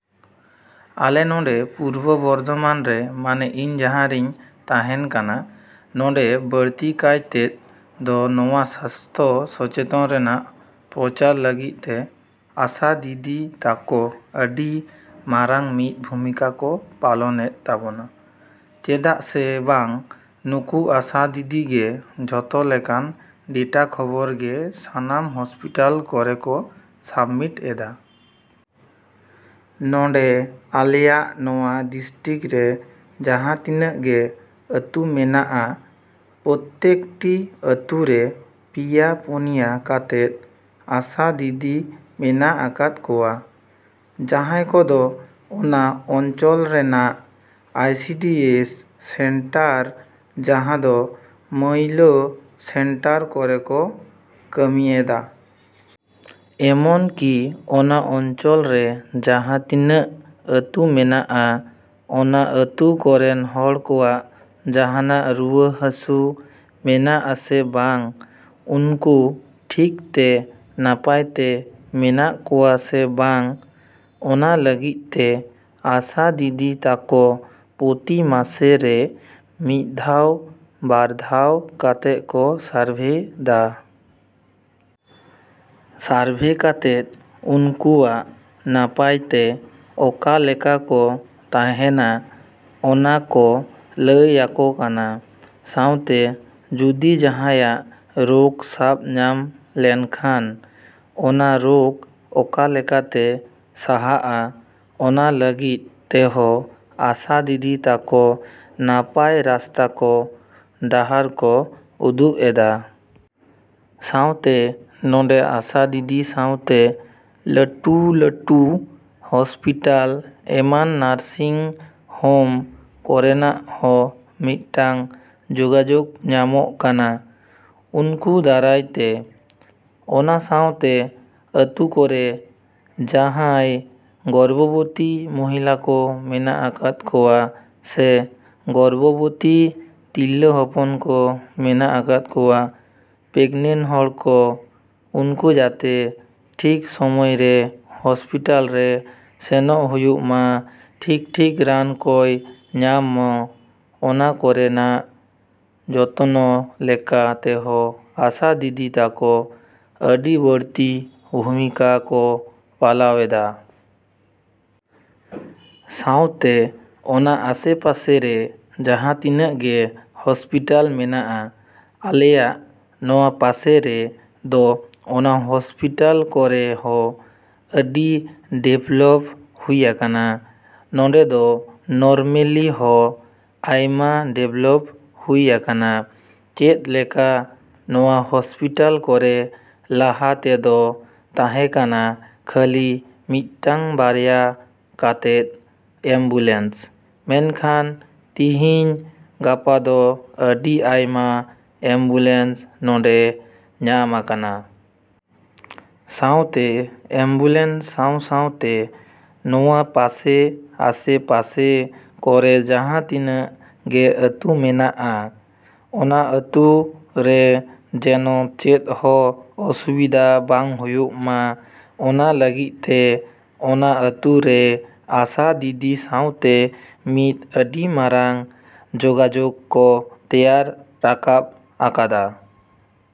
‎ᱟᱞᱮ ᱱᱚᱰᱮ ᱯᱩᱨᱵᱚ ᱵᱚᱨᱫᱷᱚᱢᱟᱱ ᱨᱮ ᱢᱟᱱᱮ ᱤᱧ ᱡᱟᱦᱟᱸ ᱨᱤᱧ ᱛᱟᱦᱮᱸᱱ ᱠᱟᱱᱟ, ᱱᱚᱰᱮ ᱵᱟᱲᱛᱤ ᱠᱟᱭᱛᱮᱫ ᱫᱚ ᱱᱚᱣᱟ ᱥᱟᱥᱛᱷᱚ ᱥᱚᱪᱮᱛᱚᱱ ᱨᱮᱱᱟᱜ ᱯᱨᱚᱪᱟᱨ ᱞᱟᱹᱜᱤᱫ ᱛᱮ ᱟᱥᱟ ᱫᱤᱫᱤ ᱛᱟᱠᱚ ᱟᱹᱰᱤ ᱢᱟᱨᱟᱝ ᱢᱤᱫ ᱵᱷᱩᱢᱤᱠᱟ ᱠᱚ ᱯᱟᱞᱚᱱᱮᱫ ᱛᱟᱵᱚᱱᱟ᱾ ᱪᱮᱫᱟᱜ ᱥᱮ ᱵᱟᱝ ᱱᱩᱠᱩ ᱟᱥᱟ ᱫᱤᱫᱤ ᱜᱮ ᱡᱚᱛᱚ ᱞᱮᱠᱟᱱᱟᱜ ᱰᱮᱴᱟ ᱠᱷᱚᱵᱚᱨ ᱜᱮ ᱥᱟᱱᱟᱢ ᱦᱚᱥᱯᱤᱴᱟᱞ ᱠᱚᱨᱮ ᱠᱚ ᱥᱟᱵᱢᱤᱴ ᱮᱫᱟ᱾ ᱱᱚᱰᱮ ᱟᱞᱮᱭᱟᱜ ᱱᱚᱣᱟ ᱰᱤᱥᱴᱤᱠ ᱨᱮ ᱡᱟᱦᱟᱸ ᱛᱤᱱᱟᱹᱜ ᱜᱮ ᱟᱹᱛᱩ ᱢᱮᱱᱟᱜᱼᱟ, ᱯᱚᱛᱮᱠ ᱴᱤ ᱟᱹᱛᱩ ᱨᱮ ᱯᱮᱭᱟ ᱯᱩᱱᱭᱟᱹ ᱠᱟᱛᱮᱫ ᱟᱥᱟ ᱫᱤᱫᱤ ᱢᱮᱱᱟᱜ ᱟᱠᱟᱫ ᱠᱚᱣᱟ, ᱡᱟᱦᱟᱭ ᱠᱚᱫᱚ ᱚᱱᱟ ᱚᱧᱪᱚᱞ ᱨᱮᱱᱟᱜ ᱟᱭᱥᱤᱰᱤᱭᱮᱥ ᱥᱮᱱᱴᱟᱨ ᱡᱟᱦᱟᱸ ᱫᱚ ᱢᱟᱭᱞᱚ ᱥᱮᱱᱴᱟᱨ ᱠᱚᱨᱮ ᱠᱚ ᱠᱟᱹᱢᱤᱭᱮᱫᱟ᱾ ᱮᱢᱚᱱ ᱠᱤ ᱚᱱᱟ ᱚᱧᱪᱚᱞ ᱨᱮ ᱡᱟᱦᱟᱸ ᱛᱤᱱᱟᱹᱜ ᱟᱹᱛᱩ ᱢᱮᱱᱟᱜᱼᱟ, ᱚᱱᱟ ᱟᱹᱛᱩ ᱠᱚᱨᱮᱱ ᱦᱚᱲ ᱠᱚᱣᱟᱜ ᱡᱟᱦᱟᱱᱟᱜ ᱨᱩᱣᱟᱹ ᱦᱟᱥᱩ ᱢᱮᱱᱟᱜᱼᱟ ᱥᱮ ᱵᱟᱝ ᱩᱱᱠᱩ ᱴᱷᱤᱠ ᱛᱮ ᱱᱟᱯᱟᱭ ᱛᱮ ᱢᱮᱱᱟᱜ ᱠᱚᱣᱟ ᱥᱮ ᱵᱟᱝ, ᱚᱱᱟ ᱞᱟᱹᱜᱤᱫ ᱛᱮ ᱟᱥᱟ ᱫᱤᱫᱤ ᱛᱟᱠᱚ ᱯᱨᱚᱛᱤ ᱢᱟᱥᱮ ᱨᱮ ᱢᱤᱫ ᱫᱷᱟᱣ ᱵᱟᱨ ᱫᱷᱟᱣ ᱠᱟᱛᱮᱫ ᱠᱚ ᱥᱟᱨᱵᱷᱮᱭ ᱫᱟ᱾ ᱥᱟᱨᱵᱷᱮ ᱠᱟᱛᱮᱫ ᱩᱱᱠᱩᱣᱟᱜ ᱱᱟᱯᱟᱭ ᱛᱮ ᱚᱠᱟᱞᱮᱠᱟ ᱠᱚ ᱛᱟᱦᱮᱸᱱᱟ ᱚᱱᱟ ᱠᱚ ᱞᱟᱹᱭ ᱟᱠᱚ ᱠᱟᱱᱟ᱾ ᱥᱟᱶᱛᱮ ᱡᱩᱫᱤ ᱡᱟᱦᱟᱭᱟᱜ ᱨᱳᱠ ᱥᱟᱵᱽ ᱧᱟᱢ ᱞᱮᱱᱠᱷᱟᱱ, ᱚᱱᱟ ᱨᱳᱠ ᱚᱠᱟ ᱞᱮᱠᱟᱛᱮ ᱥᱟᱦᱟᱜᱼᱟ ᱚᱱᱟ ᱞᱟᱹᱜᱤᱫ ᱛᱮᱦᱚᱸ ᱟᱥᱟ ᱫᱤᱫᱤ ᱛᱟᱠᱚ ᱱᱟᱯᱟᱭ ᱨᱟᱥᱛᱟ ᱠᱚ ᱰᱟᱦᱟᱨ ᱠᱚ ᱩᱫᱩᱜ ᱮᱫᱟ᱾ ᱥᱟᱶᱛᱮ ᱱᱚᱰᱮ ᱟᱥᱟ ᱫᱤᱫᱤ ᱥᱟᱶᱛᱮ ᱞᱟᱹᱴᱩ ᱞᱟᱹᱴᱩ ᱦᱚᱥᱯᱤᱴᱟᱞ ᱮᱢᱟᱱ ᱱᱟᱨᱥᱤᱝ ᱦᱚᱢ ᱠᱚᱨᱮᱱᱟᱜ ᱦᱚᱸ ᱢᱤᱫᱴᱟᱝ ᱡᱚᱜᱟᱡᱚᱜ ᱧᱟᱢᱚᱜ ᱠᱟᱱᱟ ᱩᱱᱠᱩ ᱫᱟᱨᱟᱭ ᱛᱮ᱾ ᱚᱱᱟ ᱥᱟᱶᱛᱮ ᱟᱹᱛᱩ ᱠᱚᱨᱮ ᱡᱟᱦᱟᱭ ᱜᱚᱨᱵᱚᱵᱚᱛᱤ ᱢᱚᱦᱤᱞᱟ ᱠᱚ ᱢᱮᱱᱟᱜ ᱟᱠᱟᱫ ᱠᱚᱣᱟ ᱥᱮ ᱜᱚᱨᱵᱷᱚᱵᱚᱛᱤ ᱛᱤᱨᱞᱟᱹ ᱦᱚᱯᱚᱱ ᱠᱚ ᱢᱮᱱᱟᱜ ᱟᱠᱟᱫ ᱠᱚᱣᱟ, ᱯᱮᱜᱱᱮᱴ ᱦᱚᱲ ᱠᱚ, ᱩᱱᱠᱩ ᱡᱟᱛᱮ ᱴᱷᱤᱠ ᱥᱚᱢᱚᱭ ᱨᱮ ᱦᱚᱥᱯᱤᱴᱟᱞ ᱨᱮ ᱥᱮᱱᱚᱜ ᱦᱩᱭᱩᱜ ᱢᱟ, ᱴᱷᱤᱠᱼᱴᱷᱤᱠ ᱨᱟᱱ ᱠᱚᱭ ᱧᱟᱢ ᱢᱟ, ᱚᱱᱟ ᱨᱮᱱᱟᱜ ᱡᱚᱛᱚᱱᱚ ᱞᱮᱠᱟ ᱛᱮᱦᱚᱸ ᱟᱥᱟ ᱫᱤᱫᱤ ᱛᱟᱠᱚ ᱟᱹᱰᱤ ᱵᱟᱲᱛᱤ ᱵᱷᱩᱢᱤᱠᱟ ᱠᱚ ᱯᱟᱞᱟᱣ ᱮᱫᱟ᱾ ᱥᱟᱶᱛᱮ ᱚᱱᱟ ᱟᱥᱮ ᱯᱟᱥᱮ ᱨᱮ ᱡᱟᱦᱟᱸ ᱛᱤᱱᱟᱹᱜ ᱜᱮ ᱦᱚᱥᱯᱤᱴᱟᱞ ᱢᱮᱱᱟᱜᱼᱟ ᱟᱞᱮᱭᱟᱜ ᱱᱚᱣᱟ ᱯᱟᱥᱮ ᱨᱮ ᱫᱚ ᱚᱱᱟ ᱦᱚᱥᱯᱤᱴᱟᱞ ᱠᱚᱨᱮ ᱦᱚᱸ ᱟᱹᱰᱤ ᱰᱮᱵᱞᱚᱯ ᱦᱩᱭ ᱟᱠᱟᱱᱟ᱾ ᱱᱚᱰᱮ ᱫᱚ ᱱᱚᱨᱢᱮᱞᱤ ᱦᱚᱸ ᱟᱭᱢᱟ ᱰᱮᱵᱞᱚᱯ ᱦᱩᱭ ᱟᱠᱟᱱᱟ᱾ ᱪᱮᱫ ᱞᱮᱠᱟ ᱱᱚᱣᱟ ᱦᱚᱥᱯᱤᱴᱟᱞ ᱠᱚᱨᱮ ᱞᱟᱦᱟ ᱛᱮᱫᱚ ᱛᱟᱦᱮᱸ ᱠᱟᱱᱟ ᱠᱷᱟᱹᱞᱤ ᱢᱤᱫᱴᱟᱝ ᱵᱟᱨᱭᱟ ᱠᱟᱛᱮᱫ ᱮᱢᱵᱩᱞᱮᱱᱥ, ᱢᱮᱱᱠᱷᱟᱱ ᱛᱤᱦᱤᱧ ᱜᱟᱯᱟ ᱫᱚ ᱟᱹᱰᱤ ᱟᱭᱢᱟ ᱮᱢᱵᱩᱞᱮᱱᱥ ᱱᱚᱰᱮ ᱧᱟᱢ ᱟᱠᱟᱱᱟ᱾ ᱥᱟᱶᱛᱮ ᱮᱢᱵᱩᱞᱮᱱᱥ ᱥᱟᱶᱼᱥᱟᱶᱛᱮ ᱱᱚᱣᱟ ᱯᱟᱥᱮ ᱟᱥᱮᱯᱟᱥᱮ ᱠᱚᱨᱮ ᱡᱟᱦᱟᱸ ᱛᱤᱱᱟᱹᱜ ᱜᱮ ᱟᱹᱛᱩ ᱢᱮᱱᱟᱜᱼᱟ, ᱚᱱᱟ ᱟᱹᱛᱩ ᱨᱮ ᱡᱮᱱᱚ ᱪᱮᱫ ᱦᱚᱸ ᱚᱥᱩᱵᱤᱫᱟ ᱵᱟᱝ ᱦᱩᱭᱩᱜ ᱢᱟ, ᱚᱱᱟ ᱞᱟᱹᱜᱤᱫ ᱛᱮ ᱚᱱᱟ ᱟᱹᱛᱩ ᱨᱮ ᱟᱥᱟ ᱫᱤᱫᱤ ᱥᱟᱶᱛᱮ ᱢᱤᱫ ᱟᱹᱰᱤ ᱢᱟᱨᱟᱝ ᱡᱚᱜᱟᱡᱚᱜ ᱠᱚ ᱛᱮᱭᱟᱨ ᱨᱟᱠᱟᱵ ᱟᱠᱟᱫᱟ᱾